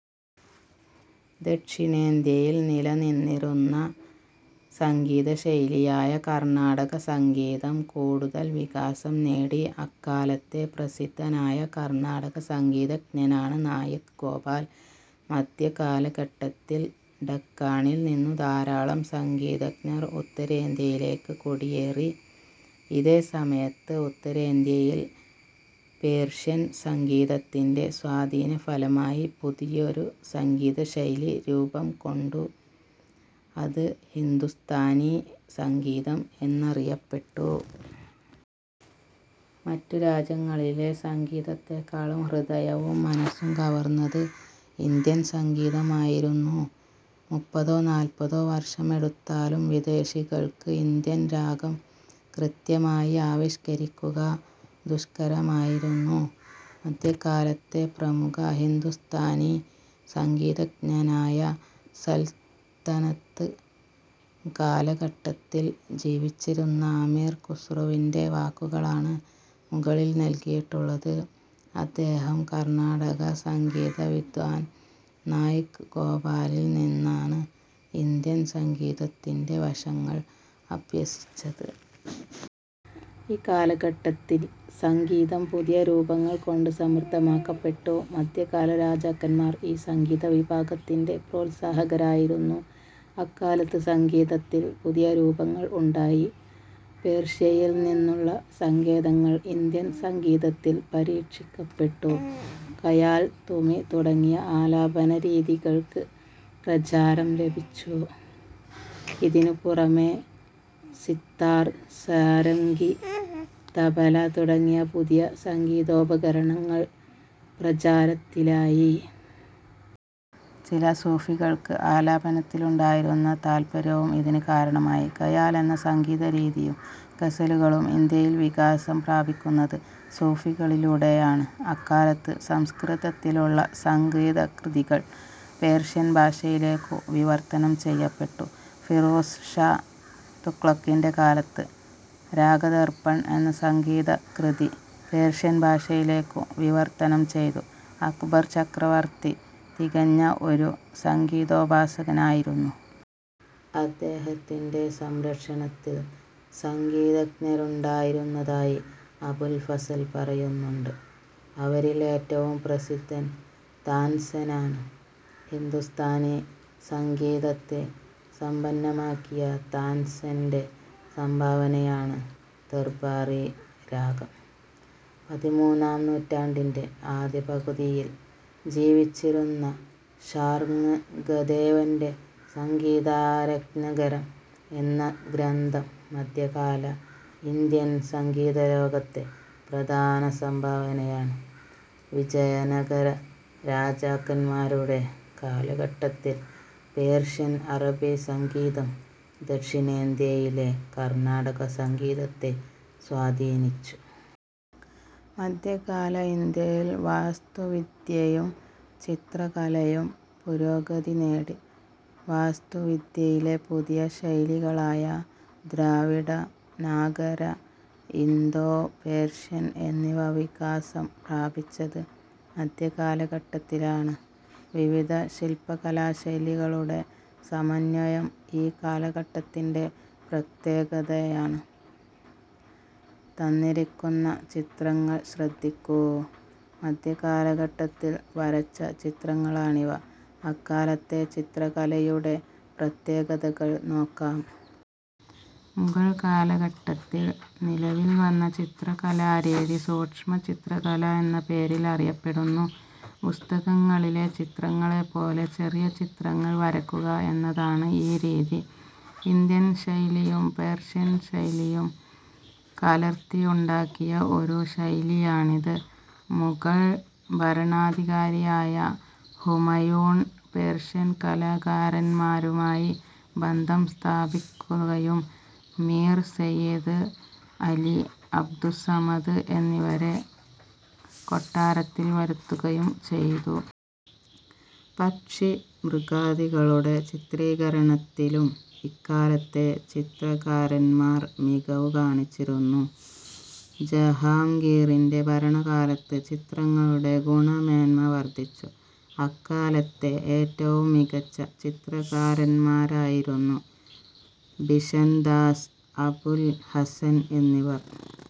ദക്ഷിണേന്ത്യയിൽ നിലനിന്നിരുന്ന സംഗീതശൈലിയായ കർണാടകസംഗീതം കൂടുതൽ വികാസം നേടി. അക്കാലത്തെ പ്രസിദ്ധനായ കർണാടക സംഗീ തജ്ഞനാണ് നായിക് ഗോപാൽ. മധ്യകാലഘട്ടത്തിൽ ഡക്കാണിൽനിന്നു ധാരാളം സംഗീതജ്ഞർ ഉത്തരേന്ത്യയിലേക്ക് കുടിയേറി. ഇതേസമയത്ത് ഉത്തരേന്ത്യയിൽ പേർഷ്യൻ സംഗീതത്തിന്റെ സ്വാധീനഫലമായി പുതിയൊരു സംഗീതശൈലി രൂപം കൊണ്ടു. അത് ഹിന്ദുസ്ഥാനി സംഗീതം എന്നറിയപ്പെട്ടു. മറ്റു രാജ്യങ്ങളിലെ സംഗീതത്തേക്കാളും ഹൃദയവും മനസ്സും കവർന്നത് ഇന്ത്യൻ സംഗീതമായിരുന്നു. മുപ്പതോ നാൽപതോ വർഷമെടുത്താലും വിദേശികൾക്ക് ഇന്ത്യൻ രാഗം കൃത്യമായി ആവിഷ്കരിക്കുക ദുഷ്കരമായിരുന്നു. മധ്യകാലത്തെ പ്രമുഖ ഹിന്ദുസ്ഥാനി സംഗീതജ്ഞനായ സൽത്തനത്ത് കാലഘട്ടത്തിൽ ജീവിച്ചിരുന്ന അമീർ ഖുസ്രുവിന്റെ വാക്കുകളാണ് മുകളിൽ നൽകിയിട്ടുള്ളത്. അദ്ദേഹം കർണാടകസംഗീത വിദ്വാൻ നായിക് ഗോപാലിൽ നിന്നാണ് ഇന്ത്യൻ സംഗീതത്തിന്റെ വശങ്ങൾ അഭ്യസിച്ചത്. ഈ കാലഘട്ടത്തിൽ സംഗീതം പുതിയ രൂപങ്ങൾ കൊണ്ട് സമൃദ്ധമാക്കപ്പെട്ടു. മധ്യകാല രാജാക്കന്മാർ ഈ സംഗീതവിഭാഗത്തിന്റെ പ്രോത്സാഹകരായിരുന്നു. അക്കാലത്ത് സംഗീതത്തിൽ പുതിയ രൂപങ്ങൾ ഉണ്ടായി. പേർഷ്യയിൽനിന്നുള്ള സങ്കേതങ്ങൾ ഇന്ത്യൻ സംഗീതത്തിൽ പരീക്ഷിക്കപ്പെട്ടു. ഖയാൽ, തുമി തുടങ്ങിയ ആലാപനരീതികൾക്ക് പ്രചാരം ലഭിച്ചു. ഇതിനുപുറമെ സിത്താർ, സാരംഗി, തബല തുടങ്ങിയ പുതിയ സംഗീതോപകരണങ്ങൾ പ്രചാരത്തിലായി. ചില സൂഫികൾക്ക് ആലാപനത്തിലുണ്ടായിരുന്ന താൽപ്പര്യവും ഇതിന് കാരണമായി. ഖയാൽ എന്ന സംഗീതരീതിയും ഗസലുകളും ഇന്ത്യയിൽ വികാസം പ്രാപിക്കുന്നത് സൂഫികളിലൂടെയാണ്. അക്കാലത്ത് സംസ്കൃതത്തിലുള്ള സംഗീതകൃതികൾ പേർഷ്യൻ ഭാഷയിലേക്കു വിവർത്തനം ചെയ്യപ്പെട്ടു. ഫിറോസ് ഷാ തുഗ്ലക്കിന്റെ കാലത്ത് രാഗദർപ്പൺ എന്ന സംഗീതകൃതി പേർഷ്യൻ ഭാഷയിലേക്കു വിവർത്തനം ചെയ്തു. അക്ബർ ചക്രവർത്തി തികഞ്ഞ ഒരു സംഗീതോപാസകനായിരുന്നു. അദ്ദേഹത്തിന്റെ സംരക്ഷണത്തിൽ സംഗീതജ്ഞരുണ്ടായിരുന്നതായി അബുൽ ഫസൽ പറയുന്നുണ്ട്. അവരിൽ ഏറ്റവും പ്രസിദ്ധൻ താൻസെനാണ്. ഹിന്ദുസ്ഥാനിസംഗീതത്തെ സമ്പന്നമാക്കിയ താൻസെന്റെ സംഭാവനയാണ് ദർബാറി രാഗം. പതിമൂന്നാം നൂറ്റാണ്ടിന്റെ ആദ്യപകുതിയിൽ ജീവിച്ചിരുന്ന ശാർങ്ഗദേവന്റെ സംഗീതരത്നാകരം എന്ന ഗ്രന്ഥം മധ്യകാല ഇന്ത്യൻ സംഗീതലോകത്തെ പ്രധാന സംഭാവനയാണ്. വിജയനഗര രാജാക്കന്മാരുടെ കാലഘട്ടത്തിൽ പേർഷ്യൻ അറബി സംഗീതം ദക്ഷിണേന്ത്യയിലെ കർണാടകസംഗീതത്തെ സ്വാധീനിച്ചു. മധ്യകാല ഇന്ത്യയിൽ വാസ്തുവിദ്യയും ചിത്ര കലയും പുരോഗതി നേടി. വാസ്തുവിദ്യയിലെ പുതിയ ശൈലികളായ ദ്രാവിഡ, നാഗര, ഇന്തോ പേർഷ്യൻ എന്നിവ വികാസം പ്രാപിച്ചത് മധ്യകാലഘട്ടത്തിലാണ്. വിവിധ ശില്പകലാശൈലികളുടെ സമന്വയം ഈ കാലഘട്ടത്തിന്റെ പ്രത്യേകതയാണ്. തന്നിരിക്കുന്ന ചിത്രങ്ങൾ ശ്രദ്ധിക്കൂ. മധ്യകാലഘട്ടത്തിൽ വരച്ച ചിത്രങ്ങളാണിവ. അക്കാലത്തെ ചിത്രകലയുടെ പ്രത്യേകതകൾ നോക്കാം. മുഗൾ കാലഘട്ടത്തിൽ നിലവിൽ വന്ന ചിത്രകലാരീതി സൂക്ഷ്മചിത്രകല എന്ന പേരിൽ അറിയപ്പെടുന്നു. പുസ്തകങ്ങളിലെ ചിത്രങ്ങളെപ്പോലെ ചെറിയ ചിത്രങ്ങൾ വരയ്ക്കുക എന്നതാണ് ഈ രീതി. ഇന്ത്യൻ ശൈലിയും പേർഷ്യൻ ശൈലിയും കലർത്തിയുണ്ടാക്കിയ ഒരു ശൈലിയാണിത്. മുഗൾ ഭരണാധികാരിയായ ഹുമയൂൺ പേർഷ്യൻ കലാകാരന്മാരുമായി ബന്ധം സ്ഥാപിക്കുകയും മീർ സയ്യിദ് അലി, അബ്ദുസ്സമദ് എന്നിവരെ കൊട്ടാരത്തിൽ വരുത്തുകയും ചെയ്തു. പക്ഷിമൃഗാദികളുടെ ചിത്രീകരണത്തിലും ഇക്കാലത്തെ ചിത്രകാരന്മാർ മികവു കാണിച്ചിരുന്നു. ജഹാംഗീറിന്റെ ഭരണകാലത്ത് ചിത്രങ്ങളുടെ ഗുണമേന്മ വർധിച്ചു. അക്കാലത്തെ ഏറ്റവും മികച്ച ചിത്രകാരന്മാരായിരുന്നു ബിഷൻദാസ്, അബുൽ ഹസൻ എന്നിവർ.